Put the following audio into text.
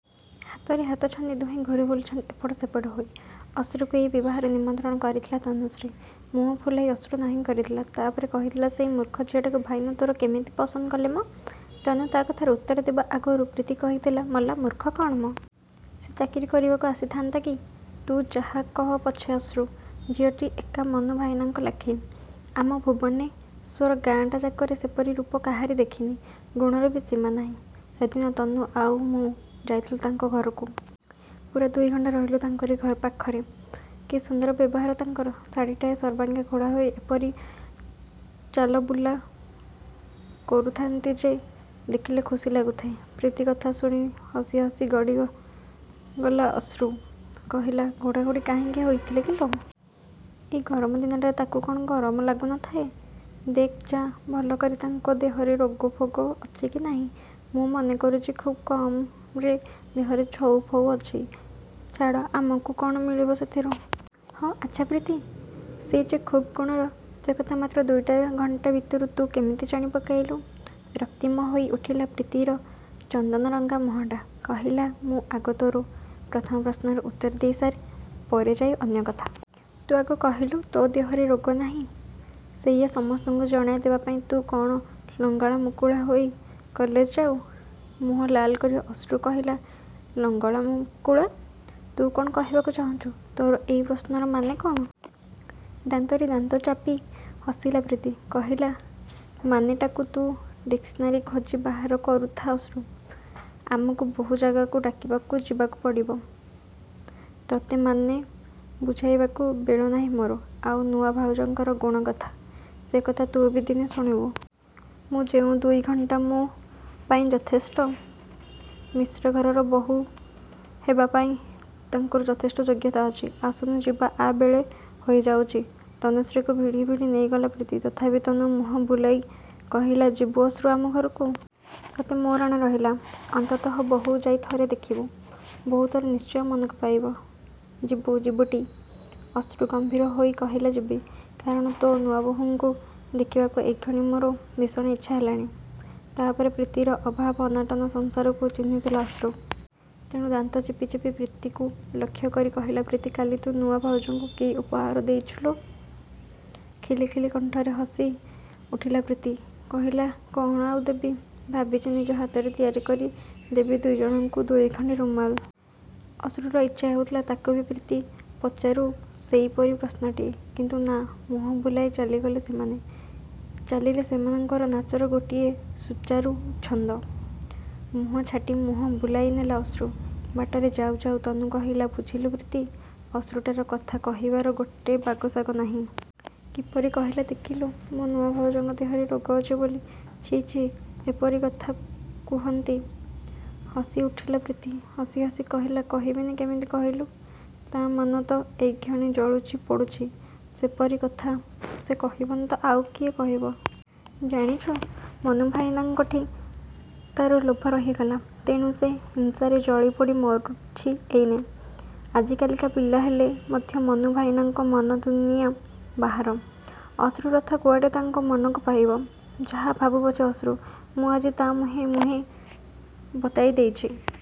ହାତରେ ହାତ ଛନ୍ଦି ଦୁହେଁ ଘୂରି ବୁଲୁଛନ୍ତି ଏପଟ ସେପଟ ହୋଇ। ଅଶ୍ରୁକୁ ଏଇ ବିବାହରେ ନିମନ୍ତ୍ରଣ କରିଥିଲା ତନୁଶ୍ରୀ। ମୁହଁ ଫୁଲାଇ ଅଶ୍ରୁ ନାହିଁ କରିଥିଲା। ତା' ପରେ କହିଥିଲା ସେଇ ମୂର୍ଖ ଝିଅଟାକୁ ଭାଇନା ତୋର କେମିତି ପସନ୍ଦ କଲେ ମ? ତନୁ ତା' କଥାର ଉତ୍ତର ଦେବା ଆଗରୁ ପ୍ରୀତି କହିଥିଲା ମଲା, ମୂର୍ଖ କ'ଣ ମ? ସେ ଚାକିରି କରିବାକୁ ଆସିଥାନ୍ତା କି? ତୁ ଯାହା କହ ପଛେ ଅଶ୍ରୁ, ଝିଅଟି ଏକା ମନୁ ଭାଇନାଙ୍କ ଲାଖି। ଆମ ଭୁବନେଶ୍ୱର ଗାଁଟା ଯାକରେ ସେପରି ରୂପ କାହାରି ଦେଖିନି। ଗୁଣର ବି ସୀମା ନାହିଁ। ସେଦିନ ତନୁ ଆଉ ମୁଁ ଯାଇଥିଲୁ ତାଙ୍କ ଘରକୁ। ପୂରା ଦୁଇ ଘଣ୍ଟା ରହିଲୁ ତାଙ୍କରି ଘ ପାଖରେ। କି ସୁନ୍ଦର ବ୍ୟବହାର ତାଙ୍କର। ଶାଢ଼ିଟାଏ ସର୍ବାଙ୍ଗ ଘୋଡ଼ାଇ ହୋଇ ଏପରି ଚାଲବୁଲା କରୁଥାନ୍ତି ଯେ ଦେଖିଲେ ଖୁସି ଲାଗୁଥାଏ। ପ୍ରୀତି କଥା ଶୁଣି ହସି ହସି ଗଡ଼ି ଗ ଗଲା ଅଶ୍ରୁ। କହିଲା ଘୋଡ଼ାଘୋଡ଼ି କାହିଁକି ହୋଇଥିଲେ କିଲୋ? ଏଇ ଗରମ ଦିନଟାରେ ତାକୁ କ'ଣ ଗରମ ଲାଗୁ ନଥାଏ। ଦେଖ୍ ଯା ଭଲ କରି ତାଙ୍କ ଦେହରେ ରୋଗ ଫୋଗ ଅଛି କି ନାହିଁ। ମୁଁ ମନେ କରୁଛି, ଖୁବ୍ କମରେ ଦେହରେ ଛଉ ଫଉ ଅଛି। ଛାଡ଼ ଆମକୁ କ'ଣ ମିଳିବ ସେଥିରୁ। ହଁ, ଆଚ୍ଛା ପ୍ରୀତି, ସେ ଯେ ଖୁବ୍ ଗୁଣର ସେକଥା ମାତ୍ର ଦୁଇଟା ଘଣ୍ଟା ଭିତରୁ ତୁ କେମିତି ଜାଣି ପକାଇଲୁ? ରକ୍ତିମ ହୋଇ ଉଠିଲା ପ୍ରୀତିର ଚନ୍ଦନରଙ୍ଗା ମୁହଁଟା। କହିଲା ମୁଁ ଆଗ ତୋର ପ୍ରଥମ ପ୍ରଶ୍ନର ଉତ୍ତର ଦେଇ ସାରେ, ପରେ ଯାଇ ଅନ୍ୟ କଥା। ତୁ ଆଗ କହିଲୁ ତୋ ଦେହରେ ରୋଗ ନାହିଁ ସେଇଆ ସମସ୍ତଙ୍କୁ ଜଣାଇ ଦେବା ପାଇଁ ତୁ କ'ଣ ଲଙ୍ଗଳା ମୁକୁଳା ହୋଇ କଲେଜ ଯାଉ? ମୁହଁ ଲାଲ୍ କରି ଅଶ୍ରୁ କହିଲା ଲଙ୍ଗଳା ମୁକୁଳା! ତୁ କ'ଣ କହିବାକୁ ଚାହୁଁଛୁ? ତୋର ଏଇ ପ୍ରଶ୍ନର ମାନେ କ'ଣ? ଦାନ୍ତରେ ଦାନ୍ତ ଚାପି ହସିଲା ପ୍ରୀତି। କହିଲା ମାନେଟାକୁ ତୁ ଡିକ୍ସନାରୀ ଖୋଜି ବାହାର କରୁଥା ଅଶ୍ରୁ। ଆମକୁ ବହୁ ଜାଗାକୁ ଡାକିବାକୁ ଯିବାକୁ ପଡ଼ିବ। ତତେ ମାନେ ବୁଝାଇବାକୁ ବେଳ ନାହିଁ ମୋର। ଆଉ ନୂଆ ଭାଉଜଙ୍କର ଗୁଣ କଥା? ସେକଥା ତୁ ବି ଦିନେ ଶୁଣିବୁ। ମୁଁ ଯେଉଁ ଦୁଇ ଘଣ୍ଟା ମୋ ପାଇଁ ଯଥେଷ୍ଟ। ମିଶ୍ର ଘରର ବୋହୂ ହେବା ପାଇଁ ତାଙ୍କର ଯଥେଷ୍ଟ ଯୋଗ୍ୟତା ଅଛି। ଆସୁନୁ ଯିବା ଆ ବେଳେ ହୋଇଯାଉଛି। ତନୁଶ୍ରୀକୁ ଭିଡ଼ି ଭିଡ଼ି ନେଇଗଲା ପ୍ରୀତି। ତଥାପି ତନୁ ମୁହଁ ବୁଲାଇ କହିଲା ଯିବୁ ଅଶ୍ରୁ ଆମ ଘରୁକୁ। ତତେ ମୋ ରାଣ ରହିଲା। ଅନ୍ତତଃ ବୋହୂ ଯାଇ ଥରେ ଦେଖିବୁ। ବୋହୂ ତୋର ନିଶ୍ଚୟ ମନକୁ ପାଇବ। ଯିବୁ, ଯିବୁଟି? ଅଶ୍ରୁ ଗମ୍ଭୀର ହୋଇ କହିଲା ଯିବି। କାରଣ ତୋ ନୂଆବୋହୁଙ୍କୁ ଦେଖିବାକୁ ଏଇକ୍ଷଣି ମୋର ଭୀଷଣ ଇଚ୍ଛା ହେଲାଣି। ତା' ପରେ ପ୍ରୀତିର ଅଭାବ ଅନାଟନ ସଂସାରକୁ ଚିହ୍ନିଥିଲା ଅଶ୍ରୁ। ତେଣୁ ଦାନ୍ତ ଚିପି ଚିପି ପ୍ରୀତିକୁ ଲକ୍ଷ୍ୟ କରି କହିଲା ପ୍ରୀତି କାଲି ତୁ ନୂଆ ଭାଉଜଙ୍କୁ କି ଉପହାର ଦେଇଛୁ ଲୋ? ଖିଲି ଖିଲି କଣ୍ଠରେ ହସି ଉଠିଲା ପ୍ରୀତି। କହିଲା କ'ଣ ଆଉ ଦେବି। ଭାବିଛି ନିଜ ହାତରେ ତିଆରି କରି ଦେବି ଦୁଇଜଣଙ୍କୁ ଦୁଇଖଣ୍ଡି ରୁମାଲ୍। ଅଶ୍ରୁର ଇଚ୍ଛା ହେଉଥିଲା ତାକୁ ବି ପ୍ରୀତି ପଚାରୁ ସେଇପରି ପ୍ରଶ୍ନଟିଏ। କିନ୍ତୁ ନା, ମୁହଁ ବୁଲାଇ ଚାଲିଗଲେ ସେମାନେ। ଚାଲିରେ ସେମାନଙ୍କର ନାଚର ଗୋଟିଏ ସୁଚାରୁ ଛନ୍ଦ। ମୁହଁ ଛାଟି ମୁହଁ ବୁଲାଇ ନେଲା ଅଶ୍ରୁ। ବାଟରେ ଯାଉ ଯାଉ ତନୁ କହିଲା ବୁଝିଲୁ ପ୍ରୀତି, ଅଶ୍ରୁଟାର କଥା କହିବାର ଗୋଟେ ବାଗସାଗ ନାହିଁ। କିପରି କହିଲା ଦେଖିଲୁ, ମୋ ନୂଆ ଭାଉଜଙ୍କ ଦେହରେ ରୋଗ ଅଛି ବୋଲି। ଛି, ଛି ଏପରି କଥା କୁହନ୍ତି। ହସି ଉଠିଲା ପ୍ରୀତି। ହସି ହସି କହିଲା କହିବନି କେମିତି କହିଲୁ? ତା' ମନ ତ ଏଇକ୍ଷଣି ଜଳୁଛି ପୋଡ଼ୁଛି। ସେପରି କଥା ସେ କହିବନି ତ ଆଉ କିଏ କହିବ? ଜାଣିଛୁ, ମନୁ ଭାଇନାଙ୍କଠି ତା'ର ଲୋଭ ରହିଗଲା। ତେଣୁ ସେ ହିଂସାରେ ଜଳି ପୋଡ଼ି ମରୁଛି ଏଇନେ। ଆଜିକାଲିକା ପିଲା ହେଲେ ମଧ୍ୟ ମନୁ ଭାଇନାଙ୍କ ମନ ଦୁନିଆ ବାହାର। ଅଶ୍ରୁ ରଥ କୁଆଡ଼େ ତାଙ୍କ ମନକୁ ପାଇବ? ଯାହା ଭାବୁ ପଛେ ଅଶ୍ରୁ, ମୁଁ ଆଜି ତା' ମୁହେଁ ମୁହେଁ ବତାଇ ଦେଇଛି ।